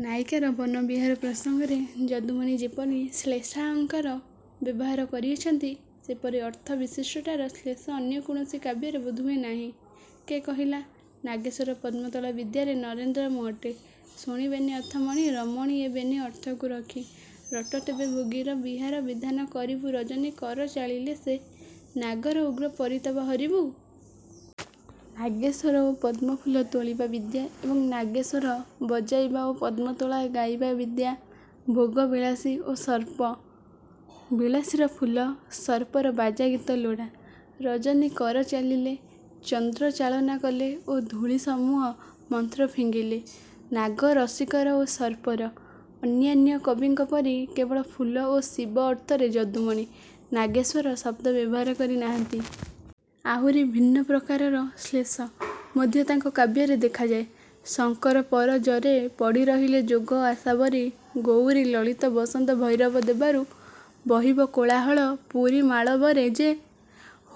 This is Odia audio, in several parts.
'ନାୟିକାର ବନବିହାର ପ୍ରସଙ୍ଗରେ ଯଦୁମଣି ଯେପରି ଶ୍ଳେଷାଳଙ୍କାର ବ୍ୟବହାର କରିଅଛନ୍ତି, ସେପରି ଅର୍ଥ- ବିଶିଷ୍ଟତାର ଶ୍ଲେଷ ଅନ୍ୟ କୌଣସି କାବ୍ୟରେ ବୋଧହୁଏ ନାହିଁ। କେ କହିଲା ନାଗେଶ୍ୱର ପଦ୍ମତୋଳା ବିଦ୍ୟାରେ ନରେନ୍ଦ୍ର ମୁଁ ଅଟେ ଶୁଣି ବେନି ଅଥ ମଣି ରମଣୀଏ ବେନି ଅର୍ଥକୁ ରଖି ରଟେ ତେବେ ଭୋଗୀର ବିହାର ବିଧାନ କରିବୁ ରଜନୀ କର ଚାଳିଲେ ସେ ନାଗର ଉଗ୍ର ପରିତାପ ହରିବୁ। ''ନାଗେଶ୍ୱର ଓ ପଦ୍ମଫୁଲ ତୋଳିବା ବିଦ୍ୟା ଏବଂ ନାଗେଶ୍ୱର ବଜାଇବା ଓ ପଦ୍ମତୋଳା ଗାଇବା ବିଦ୍ୟା। ଭୋଗୀ−ବିଳାସୀ ଓ ସର୍ପ, ବିଳାସୀର ଫୁଲ, ସର୍ପର ବାଜାଗୀତ ଲୋଡ଼ା। ରଜନୀକର ଚାଲିଲେ-ଚନ୍ଦ୍ର ଚାଳନା କଲେ ଓ ଧୂଳି ସମୂହ ମନ୍ତ୍ର ଫିଙ୍ଗିଲେ। ନାଗ−ରସିକର ଓ ସର୍ପର। ''ଅନ୍ୟାନ୍ୟ କବିଙ୍କ ପରି କେବଳ ଫୁଲ ଓ ଶିବ ଅର୍ଥରେ ଯଦୁମଣି 'ନାଗେଶ୍ୱର' ଶବ୍ଦ ବ୍ୟବହାର କରି ନାହାନ୍ତି। ଆହୁରି ଭିନ୍ନ ପ୍ରକାରର ଶ୍ଲେଷ। ମଧ୍ୟ ତାଙ୍କ କାବ୍ୟରେ ଦେଖାଯାଏ। ଶଙ୍କର ପର−ଜରେ ପଡ଼ିରହିଲେ ଯୋଗ ଆଶାବରୀ ଗଉରୀ ଲଳିତ ବସନ୍ତ ଭୈରବ ଦେବାରୁ ବହିବ କୋଳାହଳ ପୁରୀ ମାଳବରେ ଯେ,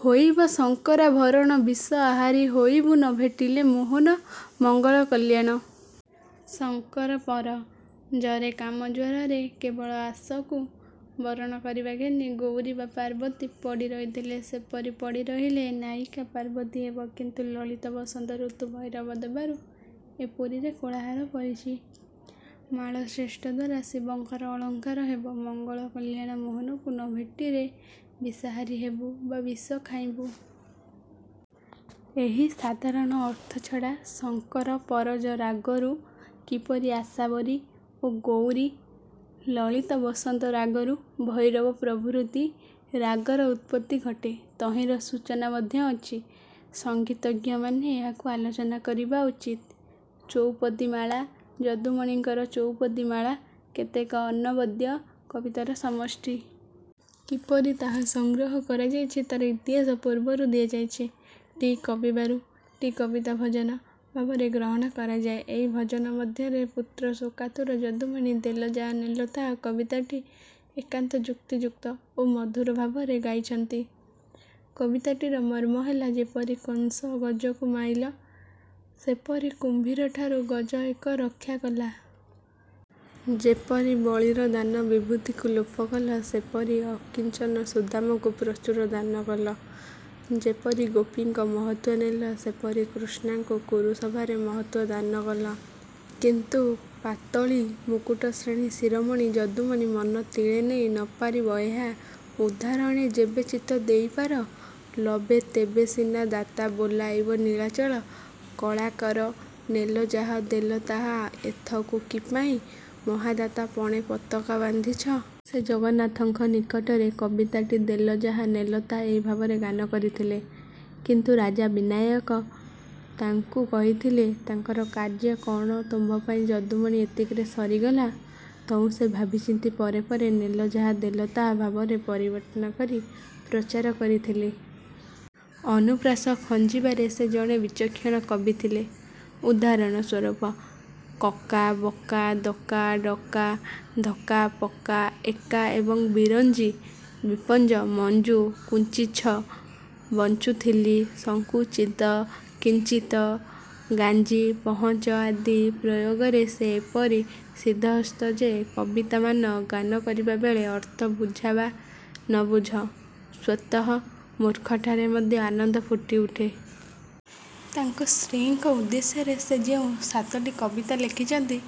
ହୋଇବ ଶଙ୍କରାଭରଣ ବିଷ ଆହାରି ହୋଇବୁ ନ ଭେଟିଲେ ମୋହନ ମଙ୍ଗଳ କଲ୍ୟାଣ! ଶଙ୍କରପର−ଜରେ−କାମଜ୍ୱରରେ, କେବଳ ଆଶକୁ ବରଣ କରିବା ଘେନି ଗୌରୀ ବା ପାର୍ବତୀ ପଡ଼ି ରହିଥିଲେ। ସେପରି ପଡ଼ି ରହିଲେ ଏ ନାୟିକା ପାର୍ବତୀ ହେବ। କିନ୍ତୁ ଲଳିତ ବସନ୍ତ ଋତୁ ଭୈରବ ଦେବାରୁ ଏ ପୁରୀରେ କୋଳାହଳ ପଡ଼ିଛି। ମାଳ−ଶ୍ରେଷ୍ଠଦ୍ୱାରା ଶିବଙ୍କର ଅଳଙ୍କାର ହେବ। ମଙ୍ଗଳ କଲ୍ୟାଣ ମୋହନଙ୍କୁ ନ ଭେଟିରେ ବିଷାହାରୀ ହେବୁ ବା ବିଷ ଖାଇବୁଁ। ଏହି ସାଧାରଣ ଅର୍ଥ ଛଡ଼ା ଶଙ୍କର ପରଜ ରାଗରୁ କିପରି ଆଶାବରୀ ଓ ଗୌରୀ, ଲଳିତ ବସନ୍ତ ରାଗରୁ ଭୈରବ ପ୍ରଭୃତି ରାଗର ଉତ୍ପତ୍ତି ଘଟେ, ତହିଁର ସୂଚନା ମଧ୍ୟ ଅଛି। ସଙ୍ଗୀତଜ୍ଞମାନେ ଏହାକୁ ଆଲୋଚନା କରିବା ଉଚିତ। " ଚଉପଦୀମାଳା ଯଦୁମଣିଙ୍କର ଚଉପଦୀମାଳା କେତେକ ଅନବଦ୍ୟ କବିତାର ସମଷ୍ଟି। କିପରି ତାହା ସଂଗ୍ରହ କରାଯାଇଛି ତାର ଇତିହାସ ପୂର୍ବରୁ ଦିଆଯାଇଛି। ଟି କବିବାରୁ ଟି କବିତା ଭଜନ ଭାବରେ ଗ୍ରହଣ କରାଯାଏ। ଏହି ଭଜନ ମଧ୍ୟରେ ପୁତ୍ରଶୋକାତୁର ଯଦୁମଣି 'ଦେଲ ଯାହା ନେଲ ତାହା' କବିତାଟି ଏକାନ୍ତ ଯୁକ୍ତିଯୁକ୍ତ ଓ ମଧୁର ଭାବରେ ଗାଇଛନ୍ତି। କବିତାଟିର ମର୍ମ୍ମହେଲା- ଯେପରି କଂସ ଗଜକୁ ମାଇଲ, ସେପରି କୁମ୍ଭୀରଠାରୁ ଗଜ ଏକ ରକ୍ଷା କଲା। ଯେପରି ବଳୀର ଦାନ ବିଭୂତିକୁ ଲୋପକଲ, ସେପରି ଅକିଞ୍ଚନ ସୁଦାମକୁ ପ୍ରଚୁର ଦାନକଲ। ଯେପରି ଗୋପୀଙ୍କ ମହତ୍ୱ ନେଲ, ସେପରି କୃଷ୍ଣାଙ୍କୁ କୁରୁସଭାରେ ମହତ୍ୱ ଦାନକଲ। କିନ୍ତୁ- ପାତଳୀ ମୁକୁଟ ଶ୍ରେଣୀ ଶିରୋମଣି ଯଦୁମଣି ମନ ତିଳେ ନେଇ ନ ପାରିବ ଏହା ଉଦ୍ଧାରଣେ ଯେବେ ଚିତ୍ତ ଦେଇପାର ଲବେ ତେବେସିନା ଦାତା ବୋଲାଇବ ନୀଳାଚଳ କଳାକର ନେଲ ଯାହା ଦେଲେ ତାହା ଏଥକୁ କିପାଇଁ ମହା− ଦାତା ପଣେ ପତକା ବାନ୍ଧିଛ? ସେ ଜଗନ୍ନାଥଙ୍କ ନିକଟରେ କବିତାଟି ଦେଲ ଯାହା ନେଲ ତାହା ଏହି ଭାବରେ ଗାନ କରିଥିଲେ। କିନ୍ତୁ ରାଜା ବିନାୟକ ତାଙ୍କୁ କହିଥିଲେ, ତାଙ୍କର କାର୍ଯ୍ୟ କ'ଣ ତୁମ୍ଭପାଇଁ ଯଦୁମଣି ଏତିକିରେ ସରିଗଲା? ତହୁଁ ସେ ଭାବିଚିନ୍ତି ପରେ ପରେ ''ନେଲ ଯାହା−ଦେଲ ତାହା" ଭାବରେ ପରିବର୍ତ୍ତନ କରି ପ୍ରଚାର କରିଥିଲେ। ଅନୁପ୍ରାସ ଖଞ୍ଜିବାରେ ସେ ଜଣେ ବିଚକ୍ଷଣ କବି ଥିଲେ। ଉଦାହରଣ ସୂରୁପ କକା, ବକା, ଦକା ଡକା ଧକ୍କା, ପକ୍କା, ଏକା ଏବଂ ବିରଞ୍ଚି, ବିପଞ୍ଚ, ମଞ୍ଚୁ, କୁଞ୍ଚିଚ୍ଛ, ବିଂଚୁଥିଲି, ସଂକୁଚିତ, କିଂଚିତ, ଗାଞ୍ଚି ପହଞ୍ଚ ଆଦି ପ୍ରୟୋଗ ରେ ସେ ଏପରି ସିଦ୍ଧହସ୍ତ ଯେ କବିତାମାନ ଗାନକରିବାବେଳେ ଅର୍ଥ ବୁଝାବା ନବୁଝ ସ୍ୱତଃ ମୁର୍ଖଠାରେ ମଧ୍ୟ ଆନନ୍ଦ ଫୁଟିଉଠେ। ତାଙ୍କ ସ୍ତ୍ରୀଙ୍କ ଉଦ୍ଦେଶ୍ୟରେ ସେ ଯେଉଁ ସାତଟି କବିତା ଲେଖିଛନ୍ତି,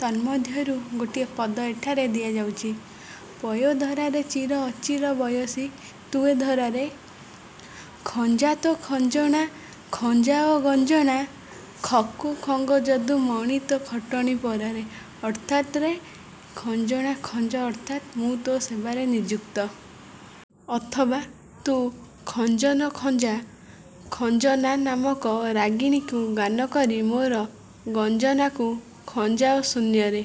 ତନ୍ମଧ୍ୟରୁ ଗୋଟିଏ ପଦ ଏଠାରେ ଦିଆଯାଉଛି। ପୟୋଧରାରେ ଚିର ଅଚିର ବୟସୀ ତୁ ଏ ଧରାରେ। ଖଞ୍ଜା ତୋ ଖଞ୍ଜନା ଖଞ୍ଜାଅ ଗଞ୍ଜନା ଖକୁ ଖଙ୍ଗ ଯଦୁମଣି ତୋ ଖଟଣି ପରାରେ। ଅର୍ଥାତ ରେ ଖଞ୍ଜନା ଖଞ୍ଜ ଅର୍ଥାତ୍ ମୁଁ ତୋ ସେବାରେ ନିଯୁକ୍ତ-। ଅଥବା ତୁ ଖଞ୍ଜନ ଖଞ୍ଜା-ଖଞ୍ଜନା ନାମକ ରାଗିଣୀକୁ ଗାନକରି, ମୋର ଗଞ୍ଜନାକୁ ଖଞ୍ଜାଅ-ଶୂନ୍ୟରେ।